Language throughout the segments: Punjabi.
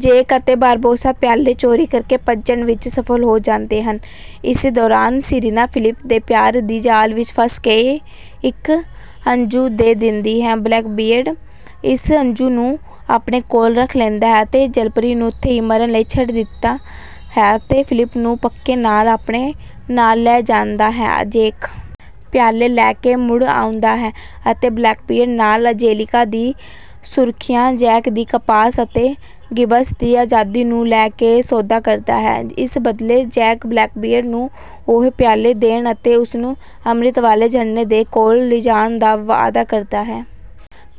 ਜੈਕ ਅਤੇ ਬਾਰਬੋਸਾ ਪਿਆਲੇ ਚੋਰੀ ਕਰਕੇ ਭੱਜਣ ਵਿੱਚ ਸਫਲ ਹੋ ਜਾਂਦੇ ਹਨ। ਇਸੇ ਦੌਰਾਨ ਸੀਰੀਨਾ, ਫਿਲਿਪ ਦੇ ਪਿਆਰ ਦੀ ਚਾਲ ਵਿੱਚ ਫਸ ਕੇ ਇੱਕ ਹੰਝੂ ਦੇ ਦਿੰਦੀ ਹੈ। ਬਲੈਕਬੀਅਰਡ ਉਸ ਹੰਝੂ ਨੂੰ ਆਪਣੇ ਕੋਲ ਰੱਖ ਲੈਂਦਾ ਹੈ ਅਤੇ ਜਲਪਰੀ ਨੂੰ ਉੱਥੇ ਹੀ ਮਰਨ ਲਈ ਛੱਡ ਦਿੰਦਾ ਹੈ ਅਤੇ ਫਿਲਿਪ ਨੂੰ ਧੱਕੇ ਨਾਲ ਆਪਣੇ ਨਾਲ ਲੈ ਜਾਂਦਾ ਹੈ। ਜੈਕ ਪਿਆਲੇ ਲੈ ਕੇ ਮੁੜ ਆਉਂਦਾ ਹੈ ਅਤੇ ਬਲੈਕਬੀਅਰਡ ਨਾਲ ਐਂਜੇਲੀਕਾ ਦੀ ਸੁਰੱਖਿਆ, ਜੈਕ ਦੀ ਕੰਪਾਸ ਅਤੇ ਗਿੱਬਸ ਦੀ ਆਜ਼ਾਦੀ ਨੂੰ ਲੈ ਕੇ ਸੌਦਾ ਕਰਦਾ ਹੈ। ਇਸ ਬਦਲੇ ਜੈਕ ਬਲੈਕਬੀਅਰਡ ਨੂੰ ਉਹ ਪਿਆਲੇ ਦੇਣ ਅਤੇ ਉਸਨੂੰ ਅਮ੍ਰਿਤ ਵਾਲੇ ਝਰਨੇ ਦੇ ਕੋਲ ਲਿਜਾਣ ਦਾ ਵਾਅਦਾ ਕਰਦਾ ਹੈ।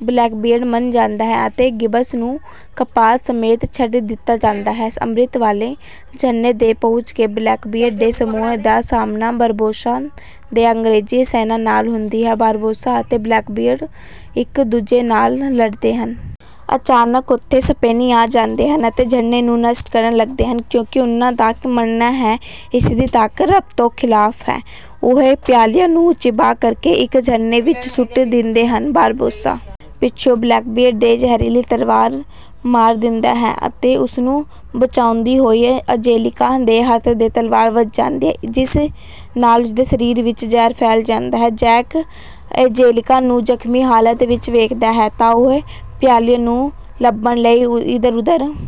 ਬਲੈਕਬੀਅਰਡ ਮੰਨ ਜਾਂਦਾ ਹੈ ਅਤੇ ਗਿੱਬਸ ਨੂੰ ਕੰਪਾਸ ਸਮੇਤ ਛੱਡ ਦਿੱਤਾ ਜਾਂਦਾ ਹੈ। ਅਮ੍ਰਿਤ ਵਾਲੇ ਝਰਨੇ ਤੇ ਪਹੁੰਚ ਕੇ ਬਲੈਕਬੀਅਰਡ ਦੇ ਸਮੂਹ ਦਾ ਸਾਹਮਣਾ ਬਾਰਬੋਸਾ ਦੇ ਅੰਗ੍ਰੇਜ਼ੀ ਸੈਨਾ ਨਾਲ ਹੁੰਦੀ ਹੈ। ਬਾਰਬੋਸਾ ਅਤੇ ਬਲੈਕਬੀਅਰਡ ਇੱਕ ਦੂਜੇ ਨਾਲ ਲੜਦੇ ਹਨ। ਅਚਾਨਕ ਉੱਥੇ ਸਪੇਨੀ ਆ ਜਾਂਦੇ ਹਨ ਅਤੇ ਝਰਨੇ ਨੂੰ ਨਸ਼ਟ ਕਰਨ ਲੱਗਦੇ ਹਨ, ਕਿਉਂਕਿ ਉਹਨਾਂ ਦਾ ਮੰਨਣਾ ਹੈ ਇਸਦੀ ਤਾਕਤ ਰੱਬ ਦੇ ਖ਼ਿਲਾਫ਼ ਹੈ। ਉਹ ਪਿਆਲਿਆਂ ਨੂੰ ਚਿੱਬਾ ਕਰਕੇ ਇੱਕ ਝਰਨੇ ਵਿੱਚ ਸੁੱਟ ਦਿੰਦੇ ਹਨ। ਬਾਰਬੋਸਾ ਪਿੱਛਿਓਂ ਬਲੈਕਬੀਅਰਡ ਦੇ ਜ਼ਹਿਰੀਲੀ ਤਲਵਾਰ ਮਾਰ ਦਿੰਦਾ ਹੈ ਅਤੇ ਉਸਨੂੰ ਬਚਾਉਂਦੀ ਹੋਈ ਐਂਜੇਲੀਕਾ ਦੇ ਹੱਥ ਤੇ ਤਲਵਾਰ ਵੱਜ ਜਾਂਦੀ ਹੈ, ਜਿਸ ਨਾਲ ਉਸਦੇ ਸਰੀਰ ਵਿੱਚ ਵੀ ਜ਼ਹਿਰ ਫੈਲ ਜਾਂਦਾ ਹੈ। ਜੈਕ ਐਂਜੇਲੀਕਾ ਨੂੰ ਜ਼ਖ਼ਮੀ ਹਾਲਤ ਵਿੱਚ ਵੇਖਦਾ ਹੈ ਤਾਂ ਉਹ ਪਿਆਲਿਆਂ ਨੂੰ ਲੱਭਣ ਲਈ ਇੱਧਰ-ਉੱਧਰ ਹੱਥ ਪੈਰ ਮਾਰਨਾ ਸ਼ੁਰੂ ਕਰ ਦਿੰਦਾ ਹੈ। ਬਾਰਬੋਸਾ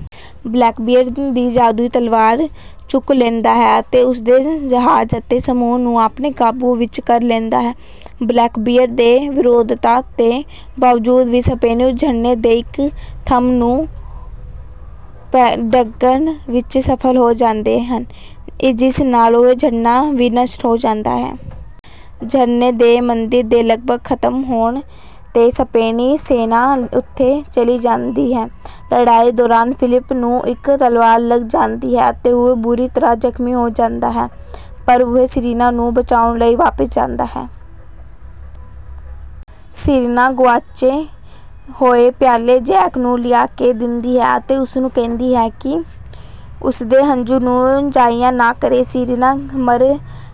ਬਲੈਕਬੀਅਰਡ ਦੀ ਜਾਦੂਈ ਤਲਵਾਰ ਚੁੱਕ ਲੈਂਦਾ ਹੈ ਅਤੇ ਉਸਦੇ ਜਹਾਜ਼ ਅਤੇ ਸਮੂਹ ਨੂੰ ਆਪਣੇ ਕਾਬੂ ਵਿੱਚ ਕਰ ਲੈਂਦਾ ਹੈ। ਬਲੈਕਬੀਅਰਡ ਦੇ ਵਿਰੋਧਤਾ ਦੇ ਬਾਵਜੂਦ ਵੀ ਸਪੇਨੀ ਉਸ ਝਰਨੇ ਦੇ ਇੱਕ ਥੰਮ ਨੂੰ ਡੇਗਣ ਵਿੱਚ ਸਫਲ ਹੋ ਜਾਂਦੇ ਹਨ, ਜਿਸ ਨਾਲ ਉਹ ਝਰਨਾ ਵੀ ਨਸ਼ਟ ਹੋ ਜਾਂਦਾ ਹੈ। ਝਰਨੇ ਦੇ ਮੰਦਿਰ ਦੇ ਲਗਭਗ ਖ਼ਤਮ ਹੋਣ ਤੇ ਸਪੇਨੀ ਸੈਨਾ ਉੱਥੋਂ ਚਲੀ ਜਾਂਦੀ ਹੈ। ਲੜਾਈ ਦੌਰਾਨ ਫਿਲਿਪ ਨੂੰ ਇੱਕ ਤਲਵਾਰ ਲੱਗ ਜਾਂਦੀ ਹੈ ਅਤੇ ਉਹ ਬੁਰੀ ਤਰ੍ਹਾਂ ਜ਼ਖ਼ਮੀ ਹੋ ਜਾਂਦਾ ਹੈ, ਪਰ ਉਹ ਸੀਰੀਨਾ ਨੂੰ ਬਚਾਉਣ ਲਈ ਵਾਪਿਸ ਜਾਂਦਾ ਹੈ। ਸੀਰੀਨਾ ਗੁਆਚੇ ਹੋਏ ਪਿਆਲੇ ਜੈਕ ਨੂੰ ਲਿਆ ਕੇ ਦਿੰਦੀ ਹੈ ਅਤੇ ਉਸਨੂੰ ਕਹਿੰਦੀ ਹੈ ਕਿ ਉਸਦੇ ਹੰਝੂ ਨੂੰ ਜ਼ਾਇਆ ਨਾ ਕਰੇ। ਸੀਰੀਨਾ ਮਰ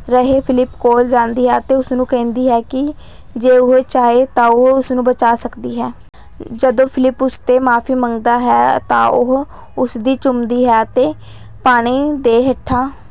ਰਹੇ ਫਿਲਿਪ ਕੋਲ ਜਾਂਦੀ ਹੈ ਅਤੇ ਉਸਨੂੰ ਕਹਿੰਦੀ ਹੈ ਕਿ ਜੇ ਉਹ ਚਾਹੇ ਤਾਂ ਉਹ ਉਸਨੂੰ ਬਚਾ ਸਕਦੀ ਹੈ। ਜਦੋਂ ਫਿਲਿਪ ਉਸਤੋਂ ਮਾਫ਼ੀ ਮੰਗਦਾ ਹੈ ਤਾਂ ਉਹ ਉਸਨੂੰ ਚੁੰਮਦੀ ਹੈ ਅਤੇ ਪਾਣੀ ਦੇ ਹੇਠਾਂ...